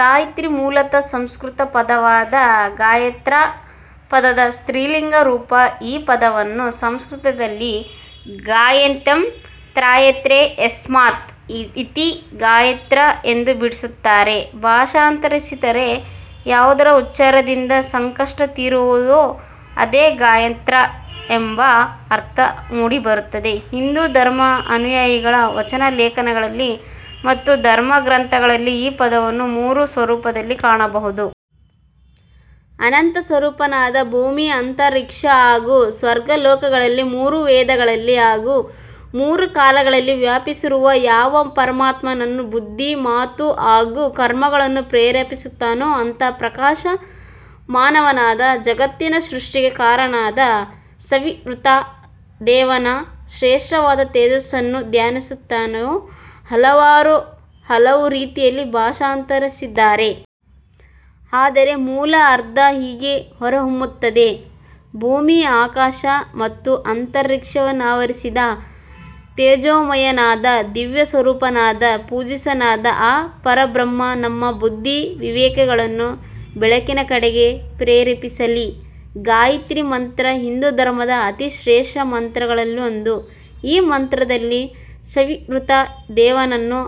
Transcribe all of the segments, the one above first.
ಗಾಯತ್ರಿ ಮೂಲತಃ ಸಂಸ್ಕೃತ ಪದವಾದ ಗಾಯತ್ರ ಪದದ ಸ್ತ್ರೀಲಿಂಗ ರೂಪ. ಈ ಪದವನ್ನು ಸಂಸ್ಕೃತದಲ್ಲಿ ಗಾಯಂತಮ್ ತ್ರಾಯತೇ ಯಸ್ಮಾತ್ ಇತಿ ಗಾಯತ್ರಾ ಎಂದು ಬಿಡಿಸುತ್ತಾರೆ. ಭಾಷಾಂತರಿಸಿದರೆ ಯಾವುದರ ಉಚ್ಚಾರದಿಂದ ಸಂಕಷ್ಟ ತೀರುವುದೊ ಅದೆ ಗಾಯತ್ರ ಎಂಬ ಅರ್ಥ ಮೂಡಿ ಬರುತ್ತದೆ. ಹಿಂದೂ ಧರ್ಮಾನುಯಾಯಿಗಳ ವಚನ ಲೇಖನಗಳಲ್ಲಿ ಮತ್ತು ಧರ್ಮ ಗ್ರಂಥಗಳಲ್ಲಿ ಈ ಪದವನ್ನು ಮೂರು ಸ್ವರೂಪದಲ್ಲಿ ಕಾಣಬಹುದು. ಅನಂತ ಸ್ವರೂಪನಾದ ಭೂಮಿ, ಅಂತರಿಕ್ಷ ಹಾಗೂ ಸ್ವರ್ಗ ಲೋಕಗಳಲ್ಲಿ ಮೂರು ವೇದಗಳಲ್ಲಿ ಹಾಗೂ ಮೂರು ಕಾಲಗಳಲ್ಲಿ ವ್ಯಾಪಿಸಿರುವ ಯಾವ ಪರಮಾತ್ಮನನ್ನು ಬುದ್ಧಿ, ಮಾತು ಹಾಗೂ ಕರ್ಮಗಳನ್ನು ಪ್ರೇರೇಪಿಸುತ್ತಾನೋ ಅಂಥ ಪ್ರಕಾಶ ಮಾನವಾದ ಜಗತ್ತಿನ ಸೃಷ್ಟಿಗೆ ಕಾರಣನಾದ ಸವಿತೃ ದೇವನ ಶ್ರೇಷ್ಠವಾದ ತೇಜಸ್ಸನ್ನು ಧ್ಯಾನಿಸುತ್ತೇವೆ. ಹಲವರು ಹಲವು ರೀತಿಯಲ್ಲಿ ಭಾಷಾಂತರಿಸಿದ್ದಾರೆ. ಆದರೆ ಮೂಲ ಅರ್ಥ ಹೀಗೆ ಹೊಮ್ಮುತ್ತದೆ. ಭೂಮಿ ಆಕಾಶ ಮತ್ತು ಅಂತರಿಕ್ಷವನ್ನಾವರಿಸಿದ ತೇಜೋಮಯನಾದ, ದಿವ್ಯ ಸ್ವರೂಪನಾದ, ಪೂಜಿಪನಾದ ಆ ಪರಬ್ರಹ್ಮನಮ್ಮ ಬುದ್ಧಿ ವಿವೇಕಗಳನ್ನು ಬೆಳಕಿನೆಡೆಗೆ ಪ್ರೇರಿಸಲಿ *ಗಾಯತ್ರೀ ಮಂತ್ರ ಹಿಂದೂ ಧರ್ಮದ ಅತಿ ಶ್ರೇಷ್ಠ ಮಂತ್ರಗಳಲ್ಲೊಂದು. ಈ ಮಂತ್ರದಲ್ಲಿ ಸವಿತೃ ದೇವನನ್ನು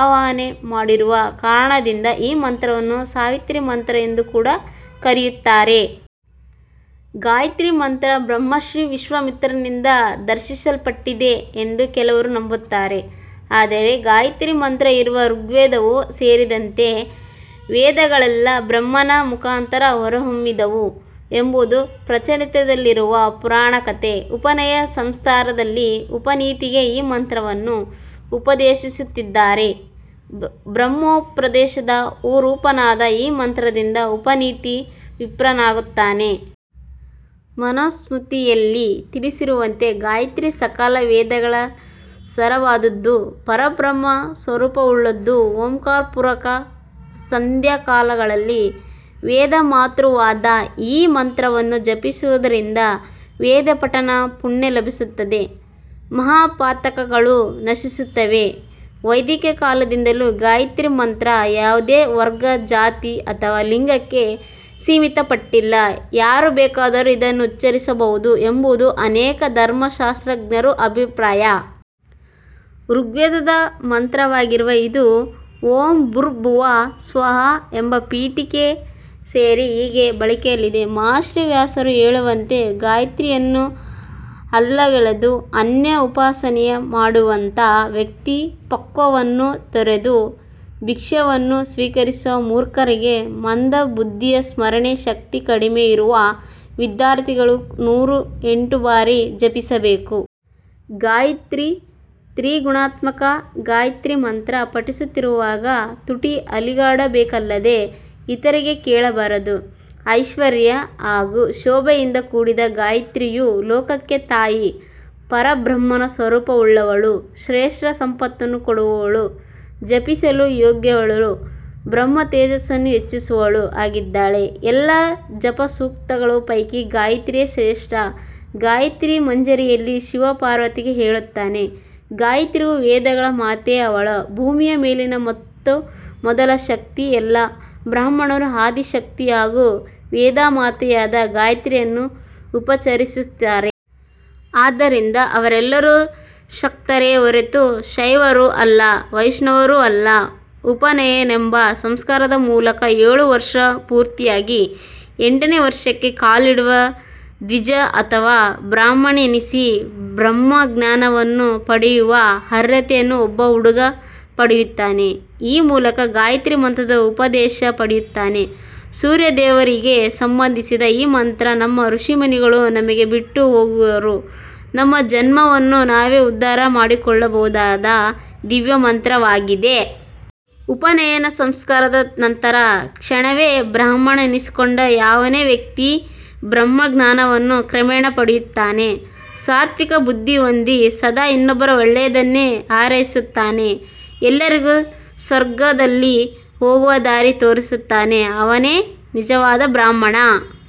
ಆವಾಹನೆ ಮಾಡಿರುವ ಕಾರಣದಿಂದ, ಈ ಮಂತ್ರವನ್ನು ಸಾವಿತ್ರ ಮಂತ್ರ ಎಂದು ಕೂಡ ಕರೆಯುತ್ತಾರೆ. ಗಾಯತ್ರೀ ಮಂತ್ರ ಬ್ರಹ್ಮರ್ಷಿ ವಿಶ್ವಾಮಿತ್ರನಿಂದ ದರ್ಶಿಸಲ್ಪಟ್ಟಿದೆ ಎಂದು ಕೆಲವರು ನಂಬುತ್ತಾರೆ. ಆದರೆ ಗಾಯತ್ರೀ ಮಂತ್ರ ಇರುವ ಋಗ್ವೇದವೂ ಸೇರಿದಂತೆ, ವೇದಗಳೆಲ್ಲ ಬ್ರಹ್ಮನ ಮುಖಾಂತರ ಹೊಮ್ಮಿದವು ಎಂಬುದು ಪ್ರಚಲಿತದಲ್ಲಿರುವ ಪುರಾಣ ಕಥೆ. *ಉಪನಯನ ಸಂಸ್ಕಾರದಲ್ಲಿ ಉಪನೀತನಿಗೆ ಈ ಮಂತ್ರವನ್ನು ಉಪದೇಶಿಸುತ್ತಾರೆ. ಬ್ರಹ್ಮೋಪದೇಶ ರೂಪವಾದ ಈ ಮಂತ್ರದಿಂದ ಉಪನೀತ ವಿಪ್ರನಾಗುತ್ತಾನೆ. ಮನುಸ್ಮೃತಿಯಲ್ಲಿ ತಿಳಿಸಿರುವಂತೆ ಗಾಯತ್ರಿ ಸಕಲ ವೇದಗಳ ಸಾರವಾದುದು, ಪರಬ್ರಹ್ಮ ಸ್ವರೂಪವುಳ್ಳದ್ದು. ಓಂಕಾರಪುರ್ವಕ ಸಂಧ್ಯಾಕಾಲಗಳಲ್ಲಿ ವೇದಮಾತೃವಾದ ಈ ಮಂತ್ರವನ್ನು ಜಪಿಸುವುದರಿಂದ ವೇದಪಠನ ಪುಣ್ಯ ಲಭಿಸುತ್ತದೆ, ಮಹಾಪಾತಕಗಳು ನಶಿಸುತ್ತವೆ. *ವೈದಿಕ ಕಾಲದಿಂದಲೂ ಗಾಯತ್ರಿ ಮಂತ್ರ ಯಾವುದೆ ವರ್ಗ, ಜಾತಿ ಅಥವಾ ಲಿಂಗಕ್ಕೆ ಸೀಮಿತಪಟ್ಟಿಲ್ಲ ಯಾರು ಬೇಕಾದರು ಇದನ್ನು ಉಚ್ಚರಿಸಬಹುದು ಎಂಬುವುದು ಅನೇಕ ಧರ್ಮಶಾಸ್ತ್ರಜ್ಞರ ಅಭಿಪ್ರಾಯ. ಋಗ್ವೇದದದ ಮಂತ್ರವಾಗಿರುವ ಇದು, "ಓಂ ಭೂರ್ಭುವಃ ಸ್ವಃ" ಎಂಬ ಪೀಠಿಕೆ ಸೇರಿ ಹೀಗೆ ಬಳಕೆಯಲ್ಲಿದೆ. ಮಹರ್ಷಿ ವ್ಯಾಸರು ಹೇಳುವಂತೆ ಗಾಯತ್ರಿಯನ್ನು ಅಲ್ಲಗಳೆದು ಅನ್ಯ ಉಪಾಸನೆ ಮಾಡುವಂಥ ವ್ಯಕ್ತಿ ಪಕ್ವಾನ್ನವನ್ನು ತೊರೆದು ಭಿಕ್ಷಾನ್ನವನ್ನು ಸ್ವೀಕರಿಸುವ ಮೂರ್ಖರಿಗೆ ಮಂದ ಬುದ್ಧಿಯ ಸ್ಮರಣ ಶಕ್ತಿ ಕಡಿಮೆ ಇರುವ ವಿದ್ಯಾರ್ಥಿಗಳು ನೂರ ಎಂಟು ಬಾರಿ ಜಪಿಸಬೇಕು. ಗಾಯತ್ರಿ ತ್ರಿಗುಣಾತ್ಮಕ ಗಾಯತ್ರಿ ಮಂತ್ರ ಪಠಿಸುತ್ತಿರುವಾಗ ತುಟಿ ಅಲುಗಾಡಬೇಕಲ್ಲದೆ ಇತರರಿಗೆ ಕೇಳಬಾರದು. *ಐಶ್ವರ್ಯ ಹಾಗೂ ಶೋಭೆಯಿಂದ ಕೂಡಿದ ಗಾಯತ್ರಿಯು ಲೋಕಕ್ಕೆ ತಾಯಿ. ಪರಬ್ರಹ್ಮನ ಸ್ವರೂಪವುಳ್ಳವಳು, ಶ್ರೇಷ್ಠ ಸಂಪತ್ತನ್ನು ಕೊಡುವವಳು, ಜಪಿಸಲು ಯೋಗ್ಯಳು, ಬ್ರಹ್ಮತೇಜಸ್ಸನ್ನು ಹೆಚ್ಚಿಸುವವಳು ಆಗಿದ್ದಾಳೆ. ಎಲ್ಲ ಜಪಸೂಕ್ತಗಳ ಪೈಕಿ ಗಾಯತ್ರಿಯೇ ಶ್ರೇಷ್ಠ. ಗಾಯತ್ರಿ ಮಂಜರಿಯಲ್ಲಿ ಶಿವನು ಪಾರ್ವತಿಗೆ ಹೇಳುತ್ತಾನೆ ಗಾಯತ್ರಿಯು ವೇದಗಳ ಮಾತೆ ಅವಳೇ ಭೂಮಿಯ ಮೇಲಿನ ಮೊತ್ತ ಮೊದಲ ಶಕ್ತಿ, ಎಲ್ಲಾ ಬ್ರಾಹ್ಮಣರು ಆದಿ ಶಕ್ತಿ ಹಾಗೂ ವೇದಮಾತೆಯಾದ ಗಾಯತ್ರಿಯನ್ನು ಉಪಾಸಿಸುತ್ತಾರೆ. ಆದ್ದರಿಂದ ಅವರೆಲ್ಲರೂ ಶಕ್ತರೇ ಹೊರತು ಶೈವರೂ ಅಲ್ಲ ವೈಷ್ಣವರೂ ಅಲ್ಲ. ಉಪನಯನವೆಂಬ ಸಂಸ್ಕಾರದ ಮೂಲಕ ಏಳು ವರ್ಷ ಪೂರ್ತಿಯಾಗಿ ಎಂಟನೇ ವರ್ಷಕ್ಕೆ ಕಾಲಿಡುವಾಗ ದ್ವಿಜ ಅಥವಾ ಬ್ರಾಹ್ಮಣನೆನಿಸಿ ಬ್ರಹ್ಮಜ್ಞಾನವನ್ನು ಪಡೆಯುವ ಅರ್ಹತೆಯನ್ನು ಒಬ್ಬ ಹುಡುಗ ಪಡೆಯುತ್ತಾನೆ. ಈ ಮೂಲಕ ಗಾಯತ್ರಿ ಮಂತ್ರದ ಉಪದೇಶ ಪಡೆಯುತ್ತಾನೆ. ಸೂರ್ಯ ದೇವರಿಗೆ ಸಂಬಂಧಿಸಿದ ಈ ಮಂತ್ರ ನಮ್ಮ ಋಷಿಮುನಿಗಳು ನಮಗೆ ಬಿಟ್ಟು ಹೋಗಿರುವ ನಮ್ಮ ಜನ್ಮವನ್ನು ನಾವೇ ಉದ್ಧಾರ ಮಾಡಿಕೊಳ್ಳಬಹುದಾದ ದಿವ್ಯಮಂತ್ರವಾಗಿದೆ. ಉಪನಯನ ಸಂಸ್ಕಾರದ ನಂತರದ ಕ್ಷಣವೇ ಬ್ರಾಹ್ಮಣನೆನಿಸಿಕೊಂಡ ಯಾವನೇ ವ್ಯಕ್ತಿ ಬ್ರಹ್ಮಜ್ಞಾನವನ್ನು ಕ್ರಮೇಣ ಪಡೆಯುತ್ತಾ, ಸಾತ್ವಿಕ ಬುದ್ಧಿ ಹೊಂದಿ ಸದಾ ಇನ್ನೊಬ್ಬರ ಒಳ್ಳೆಯದನ್ನೇ ಹಾರೈಸುತ್ತಾನೆ. ಎಲ್ಲರಿಗೂ ಸನ್ಮಾರ್ಗದಲ್ಲಿ ಹೋಗುವ ದಾರಿ ತೋರಿಸುತ್ತಾನೆ. ಅವನೇ ನಿಜವಾದ ಬ್ರಾಹ್ಮಣ.